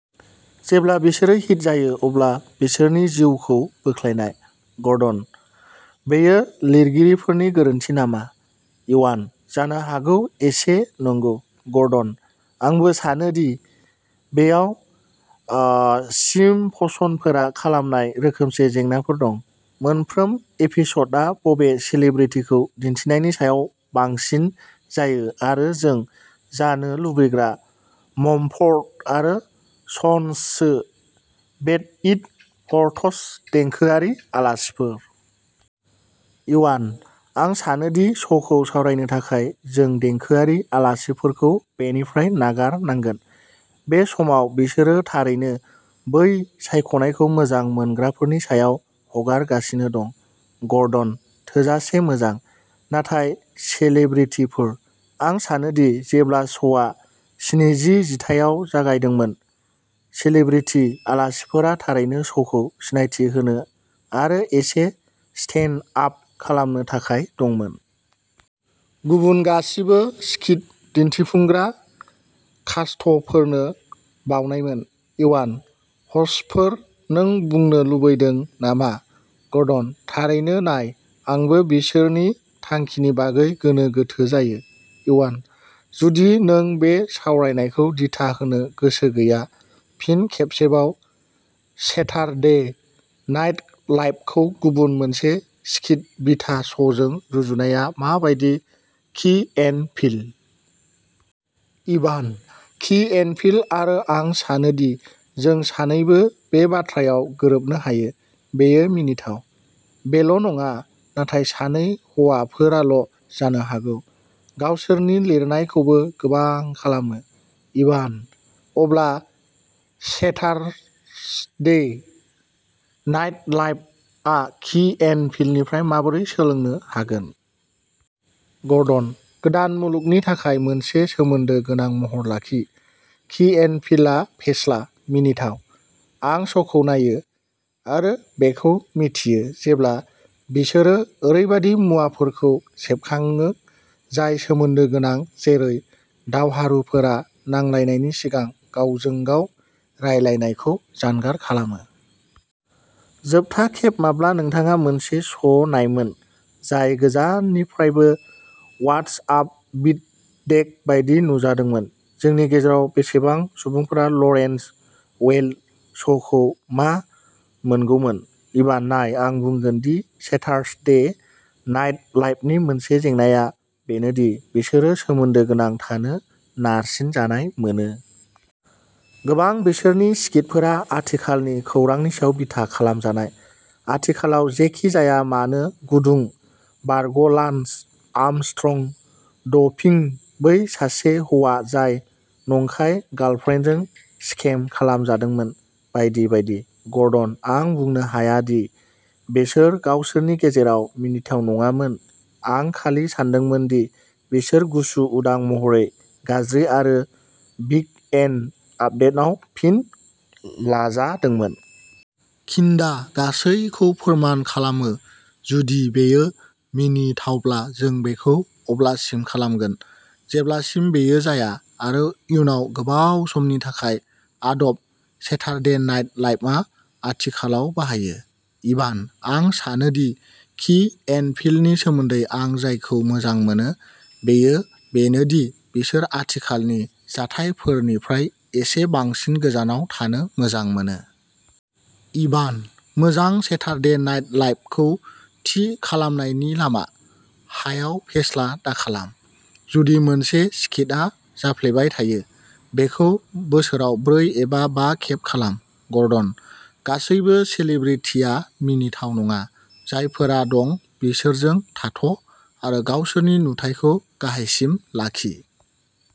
जेब्ला बिसोरो हिट जायो अब्ला बिसोरनि जिउखौ बोख्लायनाय। गर्डन बेयो लिरगिरिफोरनि गोरोन्थि नामा? इवान जानो हागौ एसे नंगौ। गर्डन आंबो सानो दि बेयाव सिम्पसनफोरा खालामनाय रोखोमसे जेंनाफोर दं। मोनफ्रोम एपिसडआ बबे सेलेब्रिटिखौ दिन्थिनायनि सायाव बांसिन जायो आरो जों जानो लुबैग्रा मम्फर्ड आरो Sons so bad it hurts देंखोआरि आलासिफोर। इवान आं सानो दि श'खौ सावरायनो थाखाय जों देंखोआरि आलासिफोरखौ बेनिफ्राय नागारनांगोन। बे समाव बिसोरो थारैनो बै सायख'नायखौ मोजां मोनग्राफोरनि सायाव हगारगासिनो दं। गर्डन थोजासे मोजां। नाथाय सेलेब्रिटिफोर। आं सानोदि जेब्ला श'आ स्निजि जिथाइयाव जागायदोंमोन, सेलेब्रिटि आलासिफोरा थारैनो श'खौ सिनायथि होनो आरो एसे स्टेन्ड आप खालामनो थाखाय दंमोन। गुबुन गासैबो स्किट दिन्थिफुंग्रा कास्टफोरनो बावनायमोन। इवान हस्टफोर, नों बुंनो लुबैदों नामा? गर्डन थारैनो, नाय आंबो बिसोरनि थांखिनि बागै गोनो गोथो जायो। इवान जुदि नों बे सावरायनायखौ दिथा होनो गोसो गैया फिन खेबसेबाव, सेटारडे नाइट लाइप खौ गुबुन मोनसे स्किट बिथा श'जों रुजुनाया मा बायदि की एन्ड पील। इभान की एन्ड पील आरो आं सानोदि जों सानैबो बे बाथ्रायाव गोरोबनो हायो, बेयो मिनिथाव। बेल' नङा, नाथाय सानै हौवाफोराल' जानो हागौ, गावसोरनि लिरनायखौबो गोबां खालामो। इभान अब्ला सेटारसडे नाइट लाइप आ की एन्ड पीलनिफ्राय माबोरै सोलोंनो हागोन? गर्डन गोदान मुलुगनि थाखाय मोनसे सोमोन्दो गोनां महर लाखि। की एन्ड पीलआ फेस्ला, मिनिथाव। आं श'खौ नायो आरो बेखौ मिथियो जेब्ला बिसोरो ओरैबायदि मुवाफोरखौ सेबखांयो जाय सोमोन्दो गोनां जेरै दावहारुफोरा नांलायनायनि सिगां गावजों गाव रायलायनायखौ जानगार खालामो। जोबथा खेब माब्ला नोंथाङा मोनसे श'नायमोन जाय गोजाननिफ्रायबो वाटस आप विद देट बायदि नुजादोंमोन? जोंनि गेजेराव बेसेबां सुबुंफोरा लरेन्स वेल्क श'खौ मा मोनगौमोन? इभान नाय आं बुंगोन दि सेटारसदे नाइट लाइप नि मोनसे जेंनाआ बेनो दि बिसोरो सोमोन्दो गोनां थानो नारसिनजानाय मोनो। गोबां बिसोरनि स्किटफोरा आथिखालनि खौरांनि सायाव बिथा खालामजानाय, आथिखालाव जेखि जाया मानो गुदुं बारग'लान्स आर्मस्ट्रं ड'पिं, बै सासे हौवा जाय नंखाय गार्लफ्रेन्डजों स्केम खालामजादोंमोन, बायदि बायदि। गर्डन आं बुंनो हाया दि बिसोर गावसोरनि गेजेराव मिनिथाव नङामोन आं खालि सानदोंमोन दि बिसोर गुसु उदां महरै गाज्रि आरो वीक एन्ड आपदेटआव फिन लाजादोंमोन। किन्डा गासैखौ फोरमान खालामो जुदि बेयो मिनिथावब्ला जों बेखौ अब्लासिम खालामगोन जेब्लासिम बेयो जाया आरो उनाव गोबाव समनि थाखाय आदब सेटारडे नाइट लाइपआ आथिखालाव बाहायो। इभान आं सानोदि की एन्ड पीलनि सोमोन्दै आं जायखौ मोजां मोनो बेयो बेनो दि बिसोर आथिखालनि जाथायफोरनिफ्राय एसे बांसिन गोजानाव थानो मोजां मोनो। इभान मोजां सेटारडे नाइट लाइपखौ थि खालामनायनि लामा, हायाव फेस्ला दाखालाम। जुदि मोनसे स्किटआ जाफ्लेबाय थायो, बेखौ बोसोराव ब्रै एबा बा खेब खालाम। गर्डन गासैबो सेलेब्रिटीआ मिनिथाव नङा। जायफोरा दं बिसोरजों थाथ' आरो गावसोरनि नुथायखौ गाहायसिम लाखि।